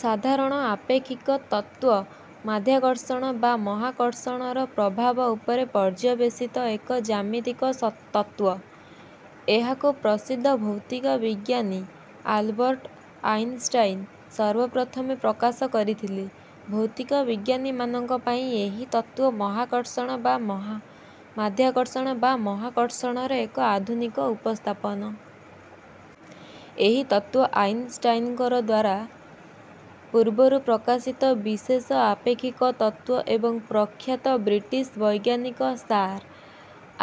ସାଧାରଣ ଆପେକ୍ଷିକ ତତ୍ତ୍ୱ, ମାଧ୍ୟାକର୍ଷଣ ବା ମହାକର୍ଷଣର ପ୍ରଭାବ ଉପରେ ପର୍ଯ୍ୟବେଶିତ ଏକ ଜ୍ୟାମିତିକ ତତ୍ତ୍ୱ। ଏହାକୁ ପ୍ରସିଦ୍ଧ ଭୌତିକ ବିଜ୍ଞାନୀ ଆଲବର୍ଟ୍ ଆଇନଷ୍ଟାଇନ ସର୍ବ ପ୍ରଥମେ ପ୍ରକାଶ କରିଥିଲେ। ଭୌତିକ ବିଜ୍ଞାନୀମାନଙ୍କ ପାଇଁ ଏହି ତତ୍ତ୍ୱ ମାଧ୍ୟାକର୍ଷଣ ବା ମହାକର୍ଷଣର ଏକ ଆଧୁନିକ ଉପସ୍ଥାପନ। ଏହି ତତ୍ତ୍ୱ ଆଇନଷ୍ଟାଇନଙ୍କଦ୍ୱାରା ପୂର୍ବରୁ ପ୍ରକାଶିତ ବିଶେଷ ଆପେକ୍ଷିକ ତତ୍ତ୍ୱ ଏବଂ ପ୍ରଖ୍ୟାତ ବ୍ରିଟିଶ୍ ବୈଜ୍ଞାନିକ ସାର୍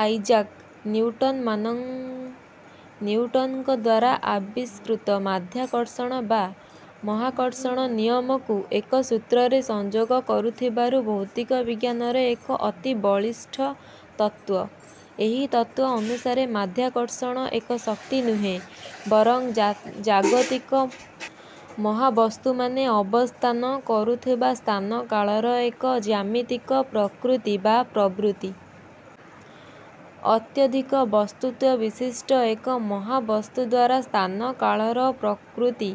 ଆଇଜାକ୍ ନିଉଟନ ନିଉଟନଙ୍କଦ୍ୱାରା ଆବିଷ୍କୃତ ମାଧ୍ୟାକର୍ଷଣ ବା ମହାକର୍ଷଣ ନିୟମକୁ ଏକସୂତ୍ରରେ ସଂଯୋଗ କରୁଥିବାରୁ ଭୌତିକ ବିଜ୍ଞାନର ଏକ ଅତି ବଳିଷ୍ଠ ତତ୍ତ୍ୱ। ଏହି ତତ୍ତ୍ୱ ଅନୁସାରେ ମାଧ୍ୟାକର୍ଷଣ ଏକ ଶକ୍ତି ନୁହେଁ, ବରଂ ଜାଗତିକ ମହାବସ୍ତୁମାନେ ଅବସ୍ଥାନ କରୁଥିବା ସ୍ଥାନ-କାଳର ଏକ ଜ୍ୟାମିତିକ ପ୍ରକୃତି ବା ପ୍ରବୃତ୍ତି। ଅତ୍ୟଧିକ ବସ୍ତୁତ୍ୱବିଶିଷ୍ଟ ଏକ ମହାବସ୍ତୁଦ୍ୱାରା ସ୍ଥାନ-କାଳର ପ୍ରକୃତି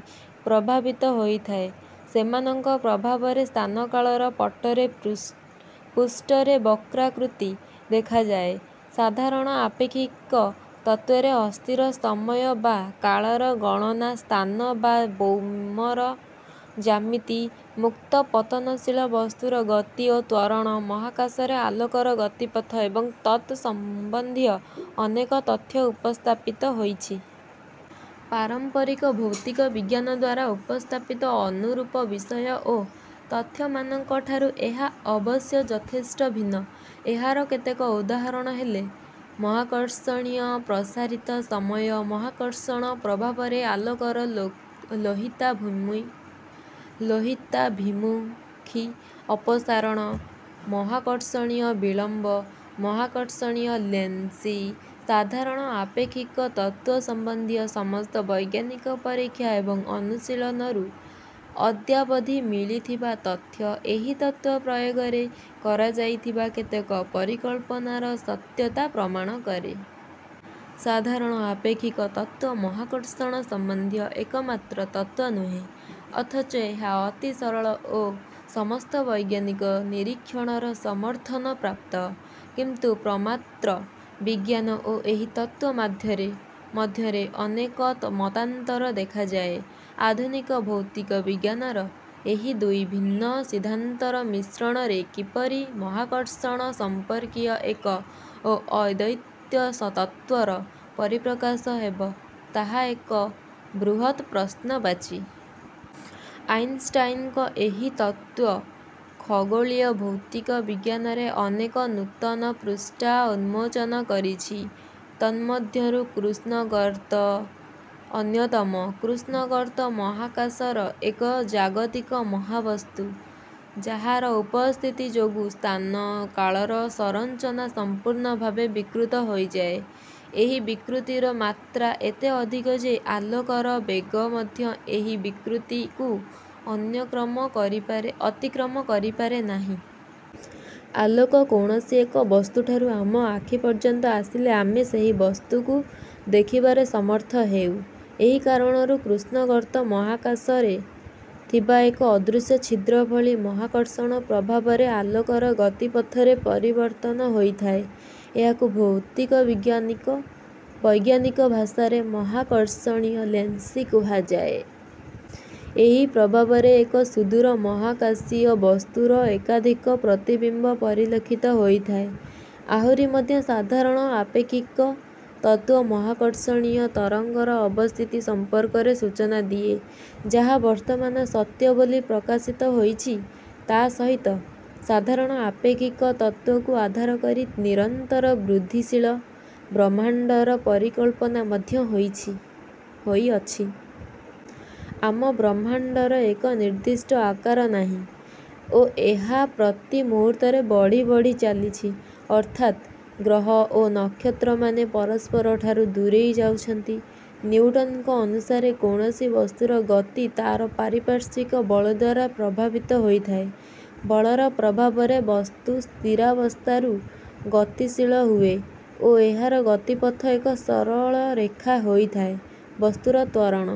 ପ୍ରଭାବିତ ହୋଇଥାଏ। ସେମାନଙ୍କ ପ୍ରଭାବରେ ସ୍ଥାନ-କାଳର ପଟ୍ଟରେ ପୂଷ୍ଠରେ ବକ୍ରାକୃତି ଦେଖାଯାଏ। ସାଧାରଣ ଆପେକ୍ଷିକ ତତ୍ତ୍ୱରେ ଅସ୍ଥିର ସମୟ ବା କାଳର ଗଣନା, ସ୍ଥାନ ବା ବ୍ୟୋମର ଜ୍ୟାମିତି, ମୁକ୍ତ ପତନଶୀଳ ବସ୍ତୁର ଗତି ଓ ତ୍ୱରଣ, ମହାକାଶରେ ଆଲୋକର ଗତିପଥ ଏବଂ ତତ୍ ସମ୍ବନ୍ଧୀୟ ଅନେକ ତଥ୍ୟ ଉପସ୍ଥାପିତ ହୋଇଛି। ପାରମ୍ପରିକ ଭୌତିକ ବିଜ୍ଞାନଦ୍ୱାରା ଉପସ୍ଥାପିତ ଅନୁରୂପ ବିଷୟ ଓ ତଥ୍ୟମାନଙ୍କ ଠାରୁ ଏହା ଅବଶ୍ୟ ଯଥେଷ୍ଟ ଭିନ୍ନ। ଏହାର କେତେକ ଉଦାହରଣ ହେଲେ ମହାକର୍ଷଣୀୟ ପ୍ରସାରିତ ସମୟ, ମହାକର୍ଷଣ ପ୍ରଭାବରେ ଆଲୋକର ଲୋହିତାଭିମୁଖୀ ଅପସାରଣ, ମହାକର୍ଷଣୀୟ ବିଳମ୍ବ, ମହାକର୍ଷଣୀୟ ଲେନ୍ସିଂ। ସାଧାରଣ ଆପେକ୍ଷିକ ତତ୍ତ୍ୱ ସମ୍ବନ୍ଧିତ ସମସ୍ତ ବୈଜ୍ଞାନିକ ପରୀକ୍ଷା ଏବଂ ଅନୁଶୀଳନରୁ ଅଦ୍ୟାବଧି ମିଳିଥିବା ତଥ୍ୟ, ଏହି ତତ୍ତ୍ୱ ପ୍ରୟୋଗରେ କରାଯାଇଥିବା କେତେକ ପରିକଳ୍ପନାର ସତ୍ୟତା ପ୍ରମାଣ କରେ। ସାଧାରଣ ଆପେକ୍ଷିକ ତତ୍ତ୍ୱ ମହାକର୍ଷଣ ସମ୍ବନ୍ଧୀୟ ଏକମାତ୍ର ତତ୍ତ୍ୱ ନୁହେଁ ଅଥଚ ଏହା ଅତି ସରଳ ଓ ସମସ୍ତ ବୈଜ୍ଞାନିକ ନିରୀକ୍ଷଣର ସମର୍ଥନପ୍ରାପ୍ତ। କିନ୍ତୁ ପ୍ରମାତ୍ର ବିଜ୍ଞାନ ଓ ଏହି ତତ୍ତ୍ୱ ମଧ୍ୟରେ ଅନେକ ମତାନ୍ତର ଦେଖାଯାଏ। ଆଧୁନିକ ଭୌତିକ ବିଜ୍ଞାନର ଏହି ଦୁଇ ଭିନ୍ନ ସିଦ୍ଧାନ୍ତର ମିଶ୍ରଣରେ କିପରି ମହାକର୍ଷଣ ସମ୍ପର୍କୀୟ ଏକ ଓ ଅଦ୍ୱୈତ ତତ୍ତ୍ୱର ପରିପ୍ରକାଶ ହେବ, ତାହା ଏକ ବୃହତ୍ ପ୍ରଶ୍ନବାଚୀ। ଆଇନଷ୍ଟାଇନଙ୍କ ଏହି ତତ୍ତ୍ୱ ଖଗୋଳୀୟ ଭୌତିକ ବିଜ୍ଞାନରେ ଅନେକ ନୂତନ ପୃଷ୍ଠା ଉନ୍ମୋଚନ କରିଛି। ତନ୍ମଧ୍ୟରୁ କୃଷ୍ଣଗର୍ତ୍ତ ଅନ୍ୟତମ। କୃଷ୍ଣଗର୍ତ୍ତ ମହାକାଶର ଏକ ଜାଗତିକ ମହାବସ୍ତୁ, ଯାହାର ଉପସ୍ଥିତି ଯୋଗୁଁ ସ୍ଥାନ-କାଳର ସଂରଚନା ସମ୍ପୂର୍ଣଭାବେ ବିକୃତ ହୋଇଯାଏ। ଏହି ବିକୃତିର ମାତ୍ରା ଏତେ ଅଧିକ ଯେ, ଆଲୋକର ବେଗ ମଧ୍ୟ ଏହି ବିକୃତି କୁ ଅନ୍ୟତମ ଅତିକ୍ରମ କରିପାରେ ନାହିଁ। ଆଲୋକ କୌଣସି ଏକ ବସ୍ତୁଠାରୁ ଆମ ଆଖି ପର୍ଯ୍ୟନ୍ତ ଆସିଲେ ଆମେ ସେହି ବସ୍ତୁକୁ ଦେଖିବାରେ ସମର୍ଥ ହେଉ। ଏହି କାରଣରୁ କୃଷ୍ଣଗର୍ତ୍ତ ମହାକାଶରେ ଥିବା ଏକ ଅଦୃଶ୍ୟ ଛିଦ୍ର ଭଳି। ମହାକର୍ଷଣ ପ୍ରଭାବରେ ଆଲୋକର ଗତିପଥରେ ପରିବର୍ତ୍ତନ ହୋଇଥାଏ। ଏହାକୁ ଭୌତିକ ବିଜ୍ଞାନୀ ବୈଜ୍ଞାନିକ ଭାଷାରେ ମହାକର୍ଷଣୀୟ ଲେନ୍ସିଂ କୁହାଯାଏ। ଏହି ପ୍ରଭାବରେ ଏକ ସୁଦୂର ମହାକାଶୀୟ ବସ୍ତୁର ଏକାଧିକ ପ୍ରତିବିମ୍ବ ପରିଲକ୍ଷିତ ହୋଇଥାଏ। ଆହୁରି ମଧ୍ୟ, ସାଧାରଣ ଆପେକ୍ଷିକ ତତ୍ତ୍ୱ, ମହାକର୍ଷଣୀୟ ତରଙ୍ଗର ଅବସ୍ଥିତି ସମ୍ପର୍କରେ ସୂଚନା ଦିଏ ଯାହା ବର୍ତ୍ତମାନ ସତ୍ୟ ବୋଲି ପ୍ରକାସିତ ହୋଇଛି। ତା' ସହିତ, ସାଧାରଣ ଆପେକ୍ଷିକ ତତ୍ତ୍ୱକୁ ଆଧାର କରି ନିରନ୍ତର ବୃଦ୍ଧିଶୀଳ ବ୍ରହ୍ମାଂଣ୍ଡର ପରିକଳ୍ପନା ମଧ୍ୟ ହୋଇଛି ହୋଇଅଛି। ଆମ ବ୍ରହ୍ମାଣ୍ଡର ଏକ ନିର୍ଦ୍ଦିଷ୍ଟ ଆକାର ନାହିଁ ଓ ଏହା ପ୍ରତି ମୁହୂର୍ତ୍ତରେ ବଢି ବଢି ଚାଲିଛି। ଅର୍ଥାତ୍ ଗ୍ରହ ଓ ନକ୍ଷତ୍ର ମାନେ ପରସ୍ପରଠାରୁ ଦୂରେଇ ଯାଉଛନ୍ତି। ନିଉଟନଙ୍କ ଅନୁସାରେ କୌଣସି ବସ୍ତୁର ଗତି ତା'ର ପାରିପାର୍ଶ୍ୱିକ ବଳଦ୍ୱାରା ପ୍ରଭାବିତ ହୋଇଥାଏ। ବଳର ପ୍ରଭାବରେ ବସ୍ତୁ ସ୍ଥିତାବସ୍ଥାରୁ ଗତିଶୀଳ ହୁଏ ଓ ଏହାର ଗତିପଥ ଏକ ସରଳରେଖା ହୋଇଥାଏ। ବସ୍ତୁର ତ୍ୱରଣ